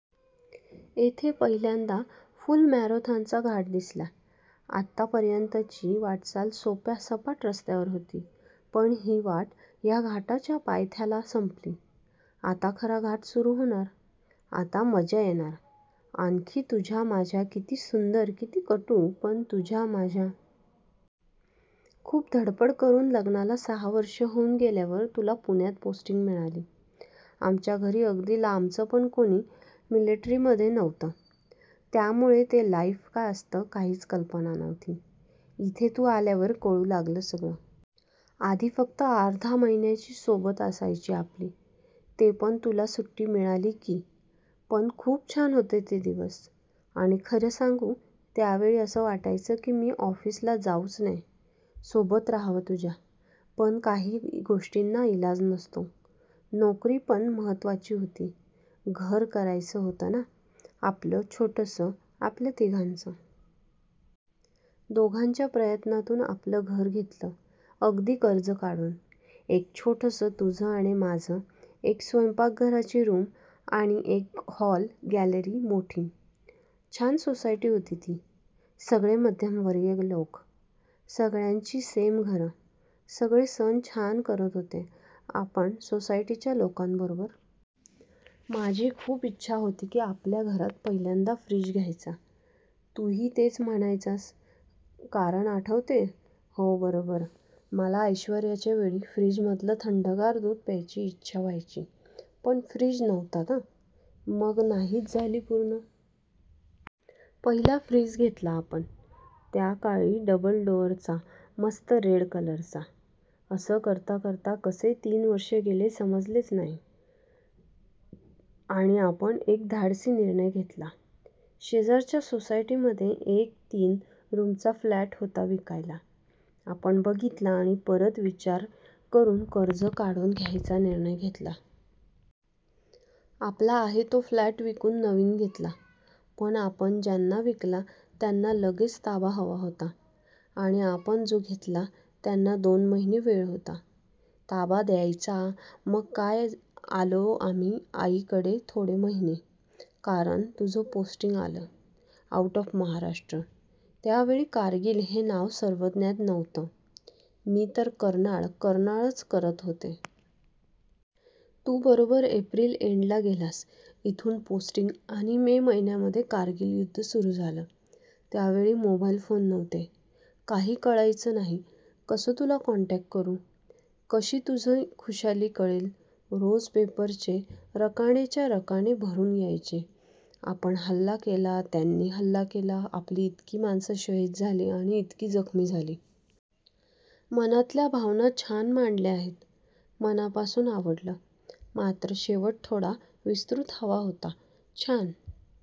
इथे पहिल्यांदा फुल मॅरेथॉनचा घाट दिसला. आत्तापर्यंतची वाटचाल सोप्या सपाट रस्त्यावर होती. पण ही वाट ह्या घाटाच्या पायथ्याला संपली! आता खरा घाट सुरू होणार! आता मजा येणार! आठवणी तुझ्या माझ्या किती सुंदर, किती कटू, पण तुझ्या माझ्या. खूप धडपड करून लग्नाला सहा वर्षं होऊन गेल्यावर तुला पुण्यात पोस्टिंग मिळाली. आमच्या घरी अगदी लांबचं पण कोणी मिलिटरीमध्ये नव्हतं, त्यामुळे ते लाइफ काय असतं, काहीच कल्पना नव्हती. इथे तू आल्यावर कळू लागलं सगळं. आधी फक्त अर्धा महिन्याची सोबत असायची आपली, तेपण तुला सुट्टी मिळाली की. पण खूप छान होते ते दिवस. आणि खरं सांगू त्यावेळी असं वाटायचं की मी ऑफिसला जाऊच नये, सोबत राहावं तुझ्या. पण काही गोष्टींना इलाज नसतो, नोकरी पण महत्त्वाची होती, घर करायचं होतं ना आपलं, छोटंसं, आपल्या तिघांचं. दोघांच्या प्रयत्नातून आपण घर घेतलं, अगदी कर्ज काढून. एक छोटंसं तुझं आणि माझं, एक स्वयंपाकाची रूम आणि एक हॉल, गॅलरी मोठी. छान सोसायटी होती ती, सगळे मध्यमवर्गीय लोक, सगळ्यांची सेम घरं. सगळे सण छान करत होतो आपण सोसायटीच्या लोकांबरोबर. माझी खूप इच्छा होती की आपल्या घरात पहिल्यांदा फ्रिज घ्यायचा, तूही तेच म्हणायचास, कारण आठवतेय, हो बरोबर, मला ऐश्वर्याच्या वेळी, फ्रिजमधले थंडगार दूध प्यायची इच्छा व्हायची पण फ्रिज नव्हता ना, मग नाहीच झाली पूर्ण. पहिला फ्रिज घेतला आपण, त्या काळी डबल डोअरचा, मस्त रेड कलरचा. असं करता करता कसे तीन वर्षं गेले समजलेच नाही. आणि आपण एक धाडसी निर्णय घेतला. शेजारच्या सोसायटीमध्ये एक, तीन रूमचा फ्लॅट होता विकायला, आपण बघितला, आणि परत विचार करून कर्ज काढून घ्यायचा निर्णय घेतला. आपला आहे तो फ्लॅट विकून नवीन घेतला, पण आपण ज्यांना विकला त्यांना लगेच ताबा हवा होता, आणि आपण जो घेतला त्यांना दोन महिने वेळ होता, ताबा द्यायला, मग काय आलो आम्ही आईकडे थोडे महिने, कारण तुझं पोस्टिंग आलं, आऊट ऑफ महाराष्ट्र, त्यावेळी कारगिल हे नाव सर्वज्ञात नव्हतं, मी तर कर्नाळ कर्नाळ च करत होते. तू बरोबर एप्रिल एंडला गेलास इथून पोस्टिंग आणि मे महिन्यामध्ये कारगिल युद्ध सुरू झालं. त्यावेळी मोबाईल फोन नव्हते, काही कळायचं नाही कसं तुला कॉन्टॅक्ट करू, कशी तुझी खुशाली कळेल, रोज पेपरचे रकानेच्या रकाने भरून यायचे, आपण हल्ला केला, त्यांनी हल्ला केला, आपली इतकी माणसं शहीद झाली आणि इतकी जखमी झाली. मनातल्या भावना छान मांडल्या आहेत. मनापासून आवडलं, मात्र शेवट थोडा विस्तृत हवा होता, छान